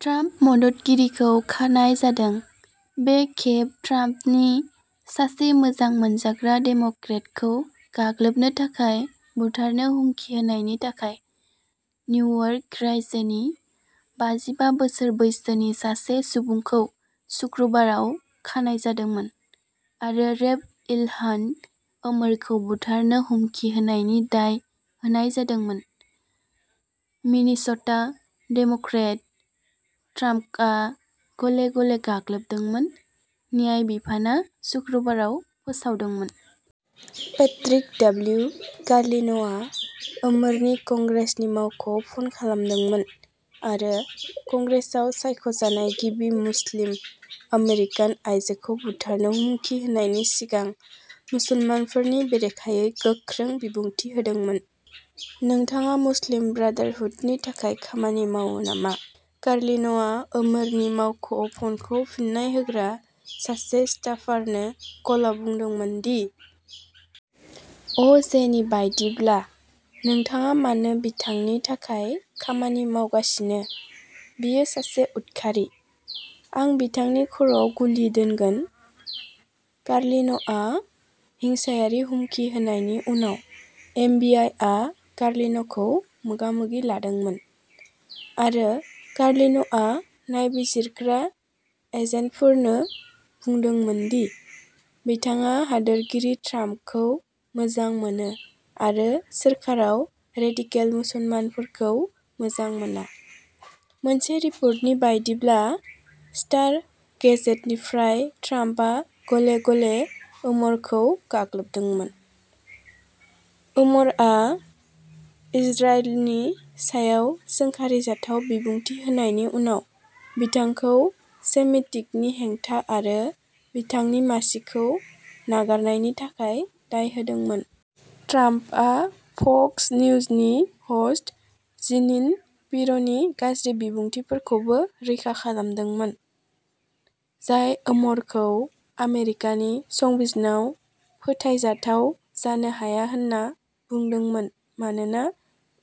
Trump मददगिरिखौ खानाय जादों, बे खेब ट्राम्पनि सासे मोजां मोनजाग्रा डेम'क्रेटखौ गाग्लोबनो थाखाय बुथारनो हुमखि होनायनि थाखाय। निउयर्क रायजोनि बाजिबा बोसोर बैसोनि सासे सुबुंखौ सुक्रुबाराव खानाय जादोंमोन आरो रेप इलहान ओमरखौ बुथारनो हुमखि होनायनि दाय होनाय जादोंमोन, मिनिस'टा डेम'क्रेट ट्राम्पआ गले-गले गाग्लोबदोंमोन, न्याय बिफानआ सुक्रुबाराव फोसावदोंमोन। Patrick W. कार्लिन'आ ओमरनि कंग्रेसनि मावख'आव फन खालामदोंमोन आरो कंग्रेसाव सायख'जानाय गिबि मुस्लिम आमेरिकान आयजोखौ बुथारनो हुमखि होनायनि सिगां मुसलमानफोरनि बेरेखायै गोख्रों बिबुंथि होदोंमोन। "नोंथाङा मुस्लिम ब्रादारहुडनि थाखाय खामानि मावो नामा?" कार्लिन'आ ओमरनि मावख'आव फनखौ फिननाय होग्रा सासे स्टाफारनो कलआव बुंदोंमोन, डि. अ. जे. नि बायदिब्ला। "नोंथाङा मानो बिथांनि थाखाय खामानि मावगासिनो, बियो सासे उदखारि। आं बिथांनि खर'आव गुलि दोनगोन।" कार्लिन'आ हिंसायारि हुमखि होनायनि उनाव एफ. बि. आइ. आ कार्लिन'खौ मोगा-मोगि लादोंमोन, आरो कार्लिन'आ नायबिजिरग्रा एजेन्टफोरनो बुंदोंमोन दि "बिथाङा हादोरगिरि ट्राम्पखौ मोजां मोनो आरो सोरखाराव रेडिकेल मुसलमानफोरखौ मोजां मोना", मोनसे रिपर्टनि बायदिब्ला स्टार गेजेटनिफ्राय ट्राम्पआ गले-गले ओमरखौ गाग्लोबदोंमोन, ओमरआ इजराइलनि सायाव सोंखारिजाथाव बिबुंथि होनायनि उनाव बिथांखौ सेमिटिकनि हेंथा आरो बिथांनि मासिखौ नागारनायनि थाखाय दाय होदोंमोन। ट्राम्पआ फक्स निउजनि ह'स्ट जीनिन पिर'नि गाज्रि बिबुंथिफोरखौबो रैखा खालामदोंमोन, जाय ओमरखौ आमेरिकानि संबिजनाव फोथायजाथाव जानो हाया होनना बुंदोंमोन मानोना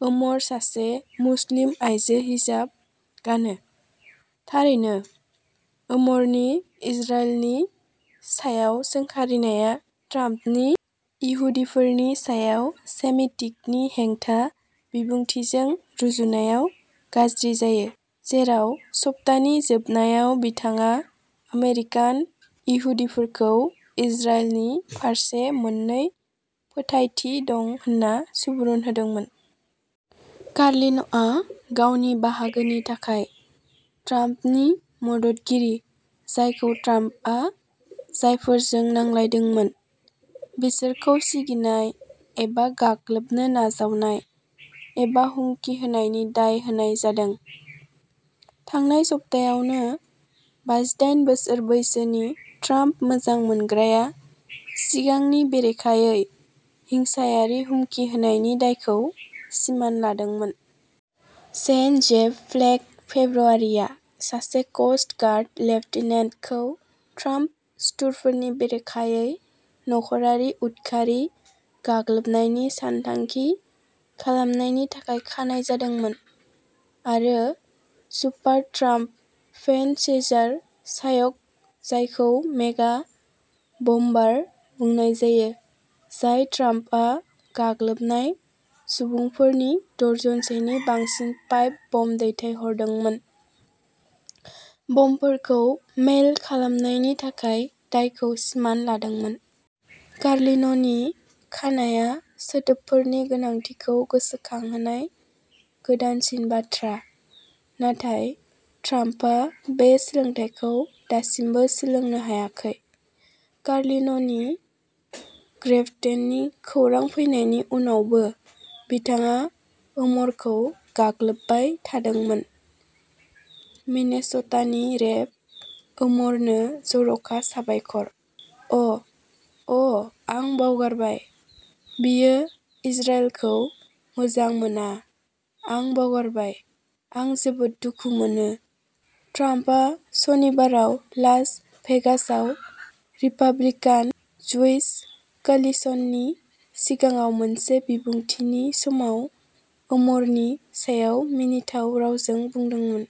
ओमर सासे मुस्लिम आयजो हिजाब गानो। थारैनो, ओमरनि इजराइलनि सायाव सोंखारिनाया ट्राम्पनि इहुदिफोरनि सायाव सेमिटिकनि हेंथा बिबुंथिजों रुजुनायाव गाज्रि जायो, जेराव सप्तानि जोबनायाव बिथाङा आमेरिकान इहुदिफोरखौ इजराइलनि फारसे मोन्नै फोथायथि दं होन्ना सुबुरुन होदोंमोन। कार्लिन'आ, गावनि बाहागोनि थाखाय, ट्राम्पनि मददगिरि, जायखौ ट्राम्पआ जायफोरजों नांलायदोंमोन, बिसोरखौ सिगिनाय एबा गाग्लोबनो नाजावनाय एबा हुमकि होनायनि दाय होनाय जादों। थांनाय सप्तायावनो, बाजिडायन बोसोर बैसोनि ट्राम्प मोजां मोनग्राया सिगांनि बेरेखायै हिंसायारि हुमखि होनायनि दायखौ सिमान लादोंमोन। सेन जेफ फ्लेक फेब्रुवारियाव, सासे क'स्ट गार्ड लेफ्टिनेन्टखौ ट्राम्प सुथुरफोरनि बेरेखायै नखरारि उदखारि गाग्लोबनायनि सानथांखि खालामनायनि थाखाय खानाय जादोंमोन। आरो super Trump fan Cesar Sayoc, जायखौ मेगा बमबार बुंनाय जायो जाय ट्राम्पआ गाग्लोबनाय सुबुंफोरनो दर्जनसेनि बांसिन पाइप बम दैथायहरदोंमोन, बमफोरखौ मेइल खालामनायनि थाखाय दायखौ सिमान लादोंमोन। कार्लिन'नि खानायआ सोदोबफोरनि गोनांथिखौ गोसोखांहोनाय गोदानसिन बाथ्रा। नाथाय ट्राम्पआ बे सोलोंथायखौ दासिमबो सोलोंनो हायाखै। कार्लिन'नि ग्रेप्तेननि खौरां फैनायनि उनावबो बिथाङा ओमरखौ गाग्लोबबाय थादोंमोन। "मिनेस'टानि रेप ओमरनो जर'खा साबायखर, अ ', अ', आं बावगारबाय, बियो इजराइलखौ मोजां मोना, आं बावगारबाय, आं जोबोद दुखु मोनो", ट्राम्पआ सनिबाराव लास भेगासआव रिपाब्लिकान ज्युइश कोलिशननि सिगाङाव मोनसे बिबुंथिनि समाव ओमरनि सायाव मिनिथाव रावजों बुंदोंमोन।